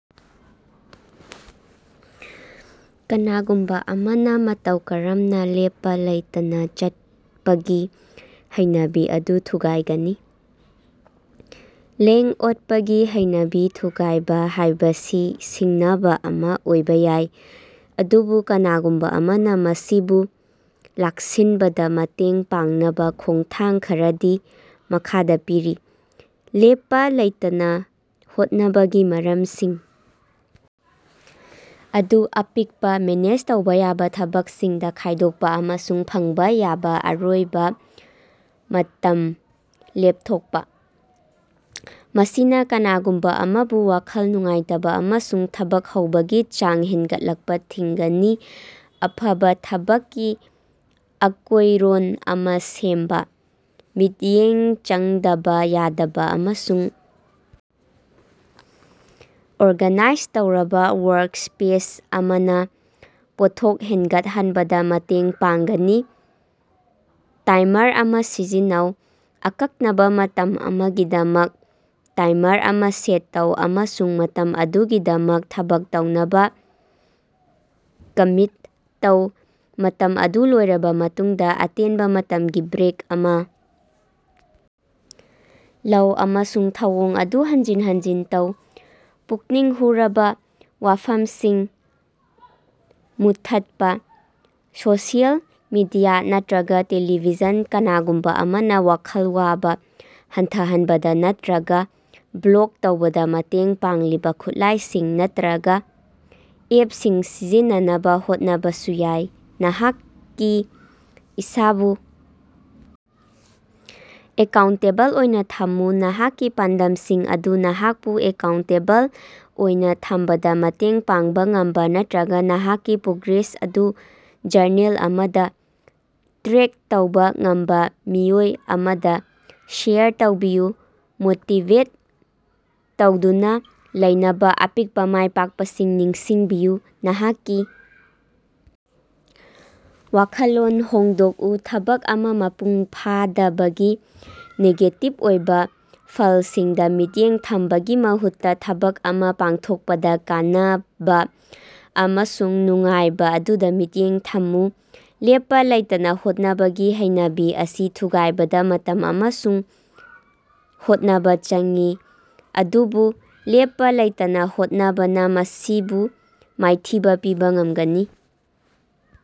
ꯀꯅꯥꯒꯨꯝꯕꯥ ꯑꯃꯅꯥ ꯃꯇꯧ ꯀꯔꯝꯅꯥ ꯂꯦꯞꯄ ꯂꯩꯇꯅ ꯆꯠꯄꯒꯤ ꯍꯩꯅꯕꯤ ꯑꯗꯨ ꯊꯨꯒꯥꯏꯒꯅꯤ? ꯂꯦꯡ-ꯑꯣꯠꯄꯒꯤ ꯍꯩꯅꯕꯤ ꯊꯨꯒꯥꯏꯕ ꯍꯥꯏꯕꯁꯤ ꯁꯤꯡꯅꯕ ꯑꯃꯥ ꯑꯣꯏꯕ ꯌꯥꯏ, ꯑꯗꯨꯕꯨ ꯀꯅꯥꯒꯨꯝꯕ ꯑꯃꯅꯥ ꯃꯁꯤꯕꯨ ꯂꯥꯛꯁꯤꯟꯕꯗ ꯃꯇꯦꯡ ꯄꯥꯡꯅꯕ ꯈꯣꯡꯊꯥꯡ ꯈꯔꯗꯤ ꯃꯈꯥꯗꯥ ꯄꯤꯔꯤ: ꯂꯦꯞꯄꯥ ꯂꯩꯇꯅ ꯍꯣꯠꯅꯕꯒꯤ ꯃꯔꯝꯁꯤꯡ ꯑꯗꯨ ꯑꯄꯤꯛꯄ, ꯃꯦꯅꯦꯖ ꯇꯧꯕ ꯌꯥꯕꯥ ꯊꯕꯛꯁꯤꯡꯗ ꯈꯥꯏꯗꯣꯛꯄꯥ ꯑꯃꯁꯨꯡ ꯐꯪꯕ ꯌꯥꯕ ꯑꯔꯣꯏꯕ ꯃꯇꯝ ꯂꯦꯞꯊꯣꯛꯄꯥ꯫ ꯃꯁꯤꯅ ꯀꯅꯥꯒꯨꯝꯕ ꯑꯃꯕꯨ ꯋꯥꯈꯜ ꯅꯨꯡꯉꯥꯏꯇꯕ ꯑꯃꯁꯨꯡ ꯊꯕꯛ ꯍꯧꯕꯒꯤ ꯆꯥꯡ ꯍꯦꯟꯒꯠꯂꯛꯄꯥ ꯊꯤꯡꯒꯅꯤ꯫ ꯑꯐꯕꯥ ꯊꯕꯛꯀꯤ ꯑꯀꯣꯏꯔꯣꯟ ꯑꯃꯥ ꯁꯦꯝꯕ: ꯃꯤꯠꯌꯦꯡ ꯆꯪꯗꯕ ꯌꯥꯗꯕ ꯑꯃꯁꯨꯡ ꯑꯣꯔꯒꯥꯅꯥꯏꯖ ꯇꯧꯔꯕ ꯋꯥꯔꯛꯁ꯭ꯄꯦꯁ ꯑꯃꯅ ꯄꯣꯠꯊꯣꯛ ꯍꯦꯟꯒꯠꯍꯟꯕꯗꯥ ꯃꯇꯦꯡ ꯄꯥꯡꯒꯅꯤ꯫ ꯇꯥꯏꯃꯔ ꯑꯃꯥ ꯁꯤꯖꯤꯟꯅꯧ: ꯑꯀꯛꯅꯕꯥ ꯃꯇꯝ ꯑꯃꯒꯤꯗꯃꯛ ꯇꯥꯏꯃꯔ ꯑꯃꯥ ꯁꯦꯠ ꯇꯧ ꯑꯃꯁꯨꯡ ꯃꯇꯝ ꯑꯗꯨꯒꯤꯗꯃꯛ ꯊꯕꯛ ꯇꯧꯅꯕꯥ ꯀꯃꯤꯠ ꯇꯧ꯫ ꯃꯇꯝ ꯑꯗꯨ ꯂꯣꯏꯔꯕ ꯃꯇꯨꯡꯗ, ꯑꯇꯦꯟꯕ ꯃꯇꯝꯒꯤ ꯕ꯭ꯔꯦꯛ ꯑꯃꯥ ꯂꯧ ꯑꯃꯁꯨꯡ ꯊꯧꯑꯣꯡ ꯑꯗꯨ ꯍꯟꯖꯤꯟ ꯍꯟꯖꯤꯟ ꯇꯧ꯫ ꯄꯨꯛꯅꯤꯡ ꯍꯨꯔꯕ ꯋꯥꯐꯝꯁꯤꯡ ꯃꯨꯠꯊꯠꯄꯥ: ꯁꯣꯁꯤꯌꯦꯜ ꯃꯤꯗꯤꯌꯥ ꯅꯠꯇꯔꯒ ꯇ‌ꯦꯂꯤꯚꯤꯖꯟ ꯀꯅꯥꯒꯨꯝꯕ ꯑꯃꯅ ꯋꯥꯈꯜ ꯋꯥꯕ ꯍꯟꯊꯍꯟꯕꯗ ꯅꯠꯇꯔꯒ ꯕ꯭ꯂꯣꯛ ꯇꯧꯕꯗ ꯃꯇꯦꯡ ꯄꯥꯡꯂꯤꯕ ꯈꯨꯠꯂꯥꯏꯁꯤꯡ ꯅꯠꯇꯔꯒ ꯑꯦꯞꯁꯤꯡ ꯁꯤꯖꯤꯟꯅꯅꯕ ꯍꯣꯠꯅꯕꯁꯨ ꯌꯥꯏ꯫ ꯅꯍꯥꯛꯀꯤ ꯏꯁꯥꯕꯨ ꯑꯦꯀꯥꯎꯟꯇꯦꯕꯜ ꯑꯣꯏꯅ ꯊꯝꯃꯨ: ꯅꯍꯥꯛꯀꯤ ꯄꯥꯟꯗꯝꯁꯤꯡ ꯑꯗꯨ ꯅꯍꯥꯛꯄꯨ ꯑꯦꯀꯥꯎꯟꯇꯦꯕꯜ ꯑꯣꯏꯅ ꯊꯝꯕꯗꯥ ꯃꯇꯦꯡ ꯄꯥꯡꯕ ꯉꯝꯕꯥ ꯅꯠꯇꯔꯒ ꯅꯍꯥꯛꯀꯤ ꯄ꯭ꯔꯣꯒ꯭ꯔꯦꯁ ꯑꯗꯨ ꯖꯔꯅꯦꯜ ꯑꯃꯗꯥ ꯇ꯭ꯔꯦꯛ ꯇꯧꯕꯥ ꯉꯝꯕ ꯃꯤꯑꯣꯏ ꯑꯃꯗ ꯁꯦꯌꯔ ꯇꯧꯕꯤꯌꯨ꯫ ꯃꯣꯇꯤꯕꯦꯠ ꯇꯧꯗꯨꯅ ꯂꯩꯅꯕ ꯑꯄꯤꯛꯄ ꯃꯥꯏꯄꯥꯛꯄꯁꯤꯡ ꯅꯤꯡꯁꯤꯡꯕꯤꯌꯨ꯫ ꯅꯍꯥꯛꯀꯤ ꯋꯥꯈꯜꯂꯣꯟ ꯍꯣꯡꯗꯣꯛꯎ: ꯊꯕꯛ ꯑꯃꯥ ꯃꯄꯨꯡ ꯐꯥꯗꯕꯒꯤ ꯅꯦꯒꯦꯇꯤꯚ ꯑꯣꯏꯕ ꯐꯜꯁꯤꯡꯗ ꯃꯤꯠꯌꯦꯡ ꯊꯝꯕꯒꯤ ꯃꯍꯨꯠꯇ, ꯊꯕꯛ ꯑꯃꯥ ꯄꯥꯡꯊꯣꯛꯄꯗ ꯀꯥꯟꯅꯕ ꯑꯃꯁꯨꯡ ꯅꯨꯡꯉꯥꯏꯕ ꯑꯗꯨꯗ ꯃꯤꯠꯌꯦꯡ ꯊꯝꯃꯨ꯫ ꯂꯦꯞꯄ ꯂꯩꯇꯅꯥ ꯍꯣꯠꯅꯕꯒꯤ ꯍꯩꯅꯕꯤ ꯑꯁꯤ ꯊꯨꯒꯥꯏꯕꯗ ꯃꯇꯝ ꯑꯃꯁꯨꯡ ꯍꯣꯠꯅꯕꯥ ꯆꯪꯏ, ꯑꯗꯨꯕꯨ ꯂꯦꯞꯄꯥ ꯂꯩꯇꯅꯥ ꯍꯣꯠꯅꯕꯅ ꯃꯁꯤꯕꯨ ꯃꯥꯏꯊꯤꯕꯥ ꯄꯤꯕꯥ ꯉꯝꯒꯅꯤ꯫